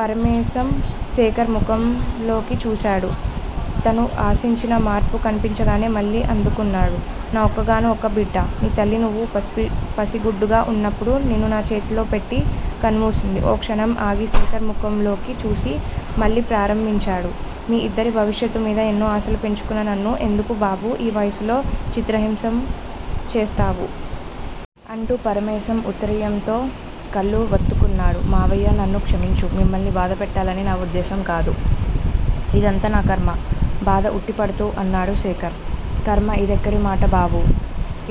పరమేశం శేఖర్ ముఖంలోకి చూశాడు. తను ఆశించిన మార్పు కన్పించగానే మళ్ళీ అందుకున్నాడు. నా ఒక్కగాను ఒక్క బిడ్డ. నీ తల్లి నువ్వు పసిగుడ్డుగా వున్నప్పుడు నిన్ను నా చేతుల్లోపెట్టి కన్నుమూసింది ఓ క్షణం ఆగి శేఖర్ ముఖంలోకి చూసి మళ్ళీ ప్రారంభించాడు. మీ ఇద్దరి భవిష్యత్తుమీద ఎన్నో ఆశలు పెంచుకున్న నన్ను ఎందుకు బాబూ, ఈ వయసులో చిత్రహింస చేస్తావూ? అంటూ పరమేశం ఉత్తరీయంతో కళ్ళు వత్తుకున్నాడు. మామయ్యా! నన్ను క్షమించు. మిమ్మల్ని బాధపెట్టాలని నా ఉద్దేశంకాదు. ఇదంతా నా కర్మ! బాధ ఉట్టిపడుతూ అన్నాడు శేఖర్. కర్మ! ఇదెక్కడి మాట బాబూ!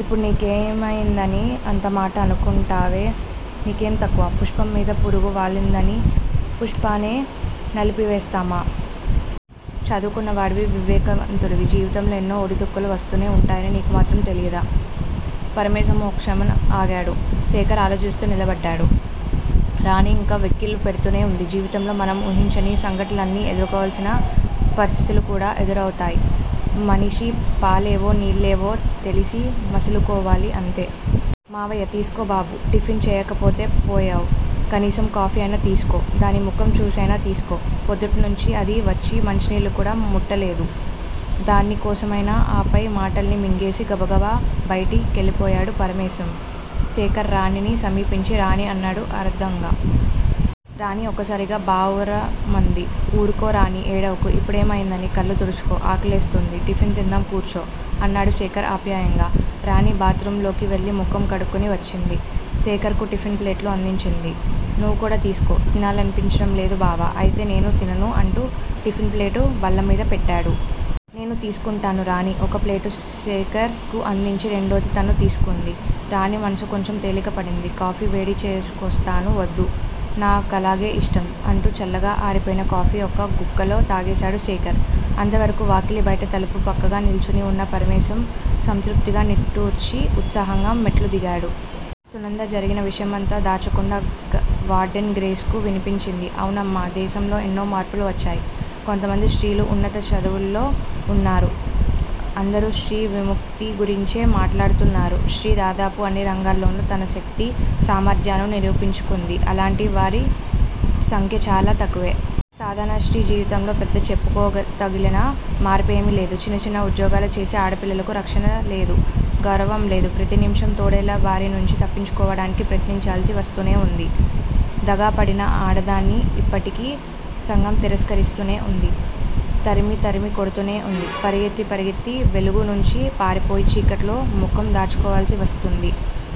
ఇప్పుడు నీకేమయిందని అంత మాట అనుకుంటావే? నీకేం తక్కువ? పుష్పంమీద పురుగు వాలిందని పుష్పాన్నే నలిపి వేస్తామా? చదువుకున్నవాడివి. వివేకవంతుడివి. జీవితంలో ఎన్నో ఒడిదుడుకులు వస్తూనే వుంటాయని నీకు మాత్రం తెలియదూ? పరమేశం ఓ క్షణం ఆగాడు. శేఖర్ ఆలోచిస్తూ నిలబడ్డాడు. రాణి ఇంకా వెక్కిళ్ళు పెడుతూనే వుంది. జీవితంలో మనం ఊహించని సంఘటల్ని ఎదుర్కోవాల్సిన పరిస్థితులుకూడా ఎదురౌతాయ్. మనిషి, పాలేవో నీళ్ళేవో తెలిసి మసలుకోవాలి అంతే! మావయ్యా! తీసుకో బాబూ! టిఫిన్ చెయ్యకపోతే పోయావ్. కనీసం కాఫీ అయినా తీసుకో. దాని ముఖం చూసైనా తీసుకో. పొద్దుటినుంచి అది వచ్చి మంచినీళ్ళు కూడా ముట్టలేదు. దాని కోసమైనా ఆపై మాటల్ని మింగేసి గబగబా బయటి కెళ్ళిపోయాడు పరమేశం. శేఖర్ రాణిని సమీపించి రాణీ అన్నాడు ఆర్ద్రంగా. రాణి ఒక్కసారిగా బావురుమంది. ఊరుకో రాణీ! ఏడవకు! ఇప్పుడేమయిందనీ? కళ్ళు తుడుచుకో. ఆకలేస్తూంది. టిఫిన్ తిందాం కూర్చో! అన్నాడు శేఖర్ ఆప్యాయంగా. రాణి బాత్ రూంలోకి వెళ్ళి ముఖం కడుక్కుని వచ్చింది. శేఖర్ కు టిఫిన్ ప్లేటు అందించింది. నువ్వుకూడా తీసుకో! తినాలనిపించడంలేదు బావా! అయితే నేనూ తినను అంటూ టిఫిన్ ప్లేటు బల్లమీద పెట్టాడు. నేనూ తీసుకుంటాను రాణి ఒక ప్లేటు శేఖర్ కు అందించి రెండోది తను తీసుకుంది. రాణి మనసు కొంచెం తేలిక పడింది. కాఫీ వేడి చేసుకొస్తాను. వద్దు. నా కలాగే ఇష్టం! అంటూ చల్లగా ఆరిపోయిన కాఫీ ఒక్క గుక్కలో తాగేశాడు శేఖర్. అంతవరకూ వాకిలి బయట తలుపు పక్కగా నిల్చుని వున్న పరమేశం సంతృప్తిగా నిట్టూర్చి, ఉత్సాహంగా మెట్లుదిగాడు. సునంద జరిగిన విషయమంతా దాచకుండా వార్డెన్ గ్రేస్ కు వినిపించింది. అవునమ్మా! దేశంలో ఎన్నో మార్పులు వచ్చాయి. కొంతమంది స్త్రీలు ఉన్నత చదువుల్లో వున్నారు. అందరూ స్త్రీ విముక్తి గురించే మాట్లాడుతున్నారు. స్త్రీ దాదాపు అన్ని రంగాల్లోనూ తన శక్తి సామర్ధ్యాలను నిరూపించుకుంది. అలాంటి వారి సంఖ్య చాలా తక్కువే. సాధారణ స్త్రీ జీవితంలో పెద్ద చెప్పుకోతగిన మార్పేమీలేదు. చిన్న చిన్న ఉద్యోగాలు చేసే ఆడపిల్లలకు రక్షణలేదు. గౌరవంలేదు. ప్రతి నిముషం తోడేళ్ళ బారినుంచి తప్పించుకోవడానికి ప్రయత్నించాల్సి వస్తూనే వుంది. దగాపడిన ఆడదాన్ని ఇప్పటికీ సంఘం తిరస్కరిస్తూనే వుంది. తరిమి తరిమి కొడ్తూనే వుంది. పరిగెత్తి పరిగెత్తి వెలుగునుంచి పారిపోయి చీకట్లో ముఖం దాచుకోవాల్సి వస్తోంది.